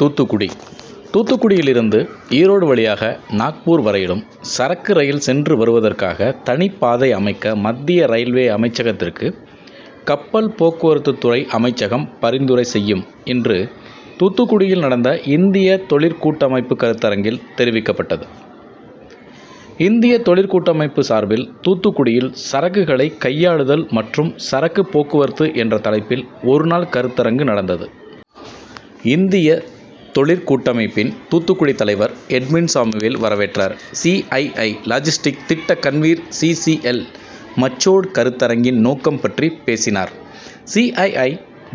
தூத்துக்குடி தூத்துக்குடியில் இருந்து ஈரோடு வழியாக நாக்பூர் வரையிலும் சரக்கு ரயில் சென்று வருவதற்காக தனிப்பாதை அமைக்க மத்திய ரயில்வே அமைச்சகத்திற்கு கப்பல் போக்குவரத்துறை அமைச்சகம் பரிந்துரை செய்யும் என்று தூத்துக்குடியில் நடந்த இந்திய தொழிற்கூட்டமைப்பு கருத்தரங்கில் தெரிவிக்கப்பட்டது. இந்திய தொழிற்கூட்டமைப்பு சார்பில் தூத்துக்குடியில் சரக்குகளை கையாளுதல் மற்றும் சரக்கு போக்குவரத்து என்ற தலைப்பில் ஒருநாள் கருத்தரங்கு நடந்தது. இந்திய தொழிற்கூட்டமைப்பின் தூத்துக்குடி தலைவர் எட்வின்சாமுவேல் வரவேற்றார். சிஐஐ., லாஜிஸ்டிக் திட்ட கன்வீனர் சிசில் மச்சோடு கருத்தரங்கின் நோக்கம் பற்றி பேசினார். சிஐஐ.,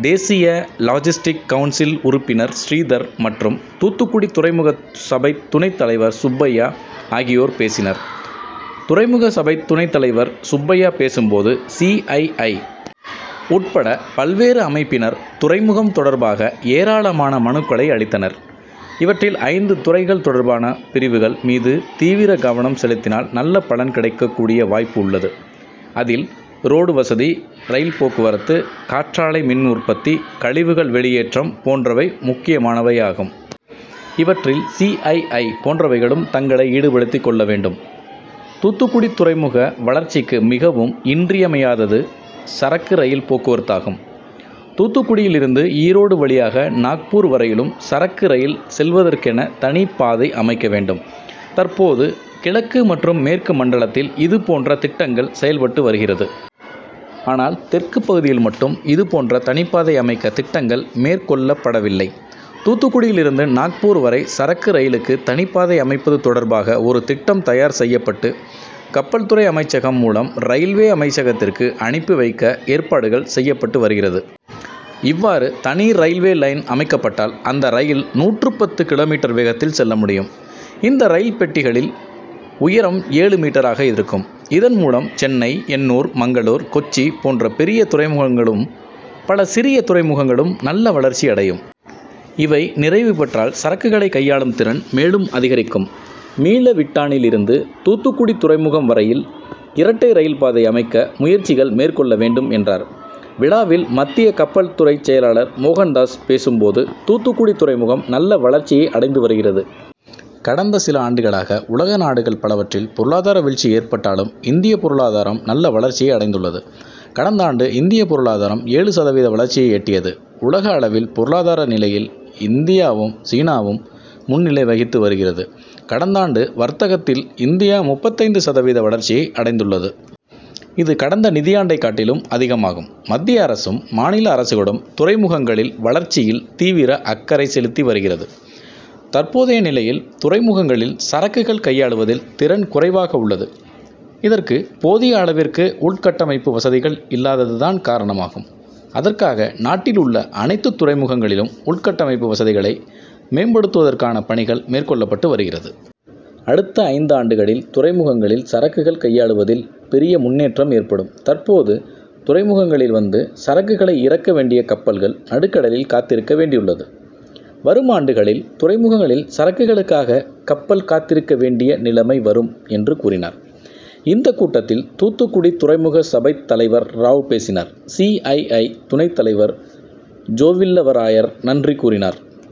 தேசிய லாஜிஸ்டிக் கவுன்சில் உறுப்பினர் ஸ்ரீதர் மற்றும் தூத்துக்குடி துறைமுக சபை துணைத் தலைவர் சுப்பையா ஆகியோர் பேசினர். துறைமுக சபைத் துணைத் தலைவர் சுப்பையா பேசும் போது, சிஐஐ., உட்பட பல்வேறு அமைப்பினர் துறைமுகம் தொடர்பாக ஏராளமான மனுக்களை அளித்துள்ளனர். இவற்றில் ஐந்து துறைகள் தொடர்பான பிரிவுகள் மீது தீவிர கவனம் செலுத்தினால் நல்ல பலன் கிடைக்கக் கூடிய வாய்ப்பு உள்ளது. அதில் ரோடு வசதி, ரயில் போக்குவரத்து, காற்றாலை மின் உற்பத்தி, கழிவுகள் வெளியேற்றம் போன்றவை முக்கியமானவையாகும். இவற்றில் சிஐஐ., போன்றவைகளும் தங்களை ஈடுபடுத்திக் கொள்ள வேண்டும். தூத்துக்குடி துறைமுக வளர்ச்சிக்கு மிகவும் இன்றியமையாதது சரக்கு ரயில் போக்குவரத்தாகும். தூத்துக்குடியில் இருந்து ஈரோடு வழியாக நாக்பூர் வரையிலும் சரக்கு ரயில் செல்வதற்கென தனியாக பாதை அமைக்க வேண்டும். தற்போது கிழக்கு மற்றும் மேற்கு மண்டலத்தில் இது போன்ற திட்டங்கள் செயல்பட்டு வருகிறது. ஆனால் தெற்கு பகுதியில் மட்டும் இது போன்று தனிப்பாதை அமைக்க திட்டங்கள் மேற்கொள்ளப்படவில்லை. தூத்துக்குடியில் இருந்து நாக்பூர் வரை சரக்கு ரயிலுக்கு தனிப்பாதை அமைப்பது தொடர்பாக ஒரு திட்டம் தயார் செய்யப்பட்டு கப்பல் துறை அமைச்சகம் மூலம் ரயில்வே அமைச்சகத்திற்கு அனுப்பி வைக்க ஏற்பாடுகள் செய்யப்பட்டு வருகிறது. இவ்வாறு தனி ரயில்வே லைன் அமைக்கப்பட்டால் அந்த ரயில் நூற்று பத்து கிமீ வேகத்தில் செல்ல முடியும். இந்த ரயில் பெட்டிகளில் உயரம் ஏழு மீட்டராக இருக்கும். இதன் மூலம் சென்னை, எண்ணூர், மங்களூர், கொச்சி போன்ற பெரிய துறைமுகங்களும், பல சிறிய துறைமுகங்களும் நல்ல வளர்ச்சி அடையும். இவை நிறைவு பெற்றால் சரக்குகளை கையாளும் திறன் மேலும் அதிகரிக்கும். மீளவிட்டானில் இருந்து தூத்துக்குடி துறைமுகம் வரையில் இரட்டை ரயில் பாதை அமைக்க முயற்சிகள் மேற்கொள்ள வேண்டும் என்றார். விழாவில் மத்திய கப்பல் துறை செயலாளர் மோகன்தாஸ் பேசும் போது, தூத்துக்குடி துறைமுகம் நல்ல வளர்ச்சியை அடைந்து வருகிறது. கடந்த சில ஆண்டுகளாக உலக நாடுகள் பலவற்றில் பொருளாதார வீழ்ச்சி ஏற்பட்டாலும், இந்திய பொருளாதாரம் நல்ல வளர்ச்சியை அடைந்துள்ளது. கடந்தாண்டு இந்திய பொருளாதாரம் ஏழு சதவீத வளர்ச்சியை எட்டியது. உலக அளவில் பொருளாதார நிலையில் இந்தியாவும், சீனாவும் முன்னிலை வகித்து வருகிறது. கடந்தாண்டு வர்த்தகத்தில் இந்தியா முப்பத்தைந்து சதவீத வளர்ச்சியை அடைந்துள்ளது. இது கடந்த நிதியாண்டை காட்டிலும் அதிகமாகும். மத்திய அரசும், மாநில அரசுகளும் துறைமுகங்களில் வளர்ச்சியில் தீவிர அக்கறை செலுத்தி வருகிறது. தற்போதைய நிலையில் துறைமுகங்களில் சரக்குகள் கையாளுவதில் திறன் குறைவாக உள்ளது. இதற்கு போதிய அளவிற்கு உள்கட்டமைப்பு வசதிகள் இல்லாதது தான் காரணமாகும். அதற்காக நாட்டில் உள்ள அனைத்து துறைமுகங்களிலும் உள்கட்டமைப்பு வசதிகளை மேம்படுத்துவதற்கான பணிகள் மேற்கொள்ளப்பட்டு வருகிறது. அடுத்த ஐந்தாண்டுகளில் துறைமுகங்களில் சரக்குகள் கையாளுவதில் பெரிய முன்னேற்றம் ஏற்படும். தற்போது துறைமுகங்களில் வந்து சரக்குகளை இறக்க வேண்டிய கப்பல்கள் நடுக்கடலில் காத்திருக்க வேண்டியுள்ளது. வரும் ஆண்டுகளில் துறைமுகங்களில் சரக்குகளுக்காக கப்பல் காத்திருக்க வேண்டிய நிலைமை வரும் என்று கூறினார். இந்த கூட்டத்தில் தூத்துக்குடி துறைமுக சபைத் தலைவர் ராவ் பேசினார். சிஐஐ., துணைத் தலைவர் ஜோவில்லவராயர் நன்றி கூறினார்.